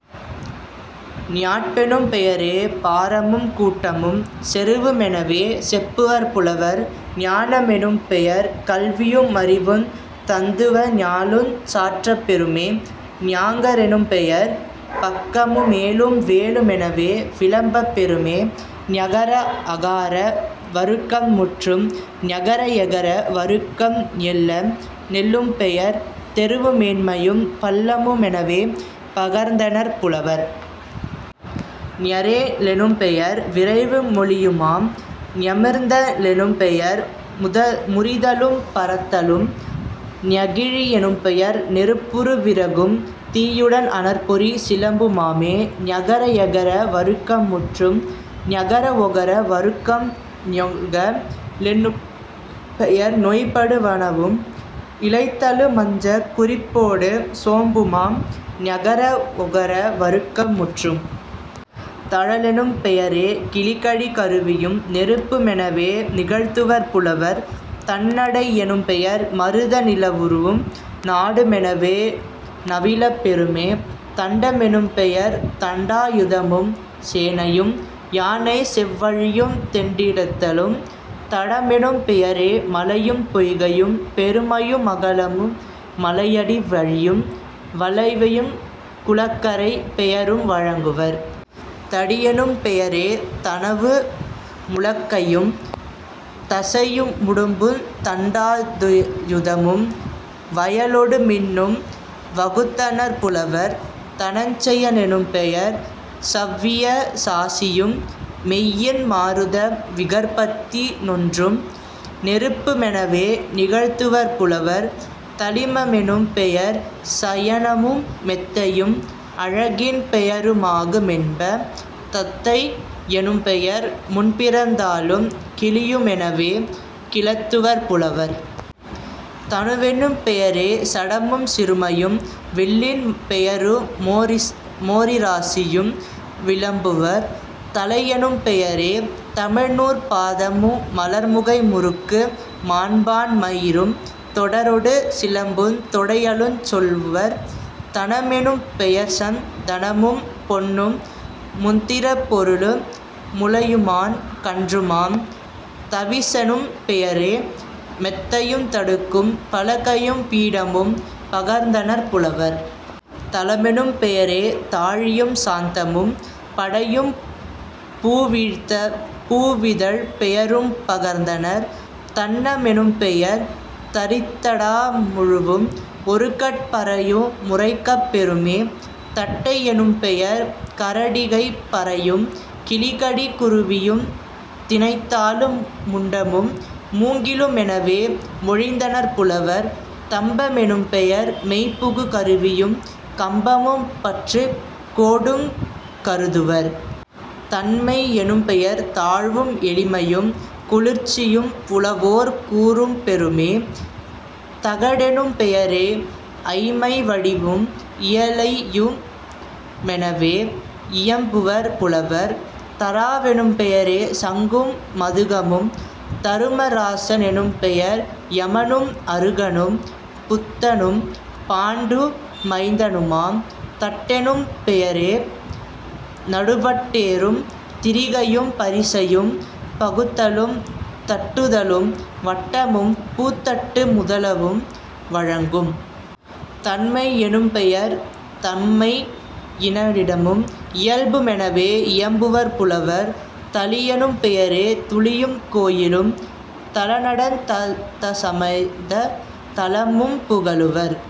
ஞாட்பெனும் பெயரே பாரமும் கூட்டமும் செருவு மெனவே செப்புவர் புலவர்..... ஞான மெனும்பெயர் கல்வியு மறிவுந் தத்துவ நூலுஞ் சாற்றப் பெறுமே..... ஞாங்க ரெனும்பெயர் பக்கமு மேலும் வேலு மெனவே விளம்பப் பெறுமே..... ஞகர ஆகார வருக்கம் முற்றும். ஞகர எகர வருக்கம் ஞெள்ள லெனும்பெயர் தெருவு மேன்மையும் பள்ளமு மெனவே பகர்ந்தனர் புலவர்..... ஞெரே லெனும்பெயர் விரைவு மொலியுமாம்..... ஞெமிர்த லெனும்பெயர்முற முறிதலும் பரத்தலும்..... ஞெகிழி யெனும்பெயர் நெருப்புறு விறகும் தீயுடன் அனற்பொறி சிலம்பு மாமே..... ஞகர எகர வருக்கம் முற்றும். ஞகர ஒகர வருக்கம் ஞொள்க லெனும்பெயர் நொய்படு வனவும் இளைத்தலு மச்சக் குறிப்போடு சோம்புமாம்..... ஞகர ஒகர வருக்கம் முற்றும். தழலெனும் பெயரே கிளிகடி கருவியும் நெருப்பு மெனவே நிகழ்த்துவர் புலவர்..... தண்ணடை யெனும்பெயர் மருத நிலவூரும் நாடு மெனவே நவிலப் பெறுமே..... தண்ட மெனும்பெயர் தண்டா யுதமும் சேனையும் யானை செல்வழியுந் தெண்டித்தலும்..... தடமெனும் பெயரே மலையும் பொய்கையும் பெருமையு மகலமு மலையடி வழியும் வளைவுங் குளக்கரைப் பெயரும் வழங்குவர்..... தடியெனும் பெயரே தனுவு முலக்கையும் தசையு முடும்புந் தண்டா யுதமும் வயலொடு மின்னும் வகுத்தனர் புலவர்..... தனஞ்செய னெனும்பெயர் சவ்விய சாசியும் மெய்யின் மாருத விகற்பத்தி னொன்றும் நெருப்பு மெனவே நிகழ்த்துவர் புலவர்..... தளிம மெனும்பெயர் சயனமு மெத்தையும் அழகின் பெயரு மாகு மென்ப..... தத்தை யெனும்பெயர் முன்பிறந் தாளும் கிளியு மெனவே கிளத்துவர் புலவர்..... தனுவெனும் பெயரே சடமும் சிறுமையும் வில்லின் பெயரு மோரிராசியும் விளம்புவர்..... தளையெனும் பெயரே தமிழ்நூற் பாதமு மலர்முகை முறுக்கு மாண்பான் மயிரும் தொடரொடு சிலம்புந் தொடையலுஞ் சொல்லுவர்..... தனமெனும் பெயர்சந் தனமும் பொன்னும் முத்திறப் பொருளு முலையுமான் கன்றுமாம்..... தவிசெனும் பெயரே மெத்தையுந் தடுக்கும் பலகையும் பீடமும் பகர்ந்தனர் புலவர்..... தளமெனும் பெயரே தாழியும் சாந்தமும் படையும் பூவிதழ்ப் பெயரும் பகர்ந்தனர்.....। தண்ண மெனும்பெயர் தரித்தடா மழுவும் ஒருகட் பறையு முரைக்கப் பெறுமே..... தட்டை யெனும்பெயர் கரடிகைப் பறையும் கிளிகடி குருவியுந் தினைத்தாளு முண்டமும் மூங்கிலு மெனவே மொழிந்தனர் புலவர்..... தம்ப மெனும்பெயர் மெய்புகு கருவியும் கம்பமும் பற்றுக் கோடுங் கருதுவர்..... தண்மை யெனும்பெயர் தாழ்வும் எளிமையும் குளிர்ச்சியும் புலவோர் கூறப்பெறுமே..... தகடெனும் பெயரே ஐமை வடிவும் இலையு மெனவே யியம்புவர் புலவர்..... தராவெனும் பெயரே சங்கும் மதுகமும்..... தரும ராச னெனும்பெயர் யமனும் அருகனும் புத்தனும் பாண்டு மைந்தனுமாம்..... தட்டெனும் பெயரே நடுவட் டேரும் திரிகையும் பரிசையும் பகுத்தலும் தடுத்தலும் வட்டமும் பூத்தட்டு முதலவும் வழங்கும்..... தன்மை யெனும்பெயர் தன்மை யினிடமும் இயல்பு மெனவே இயம்புவர் புலவர்..... தளியெனும் பெயரே துளியும் கோயிலும் தளநடத் தியசமர்த் தலமும் புகலுவர்.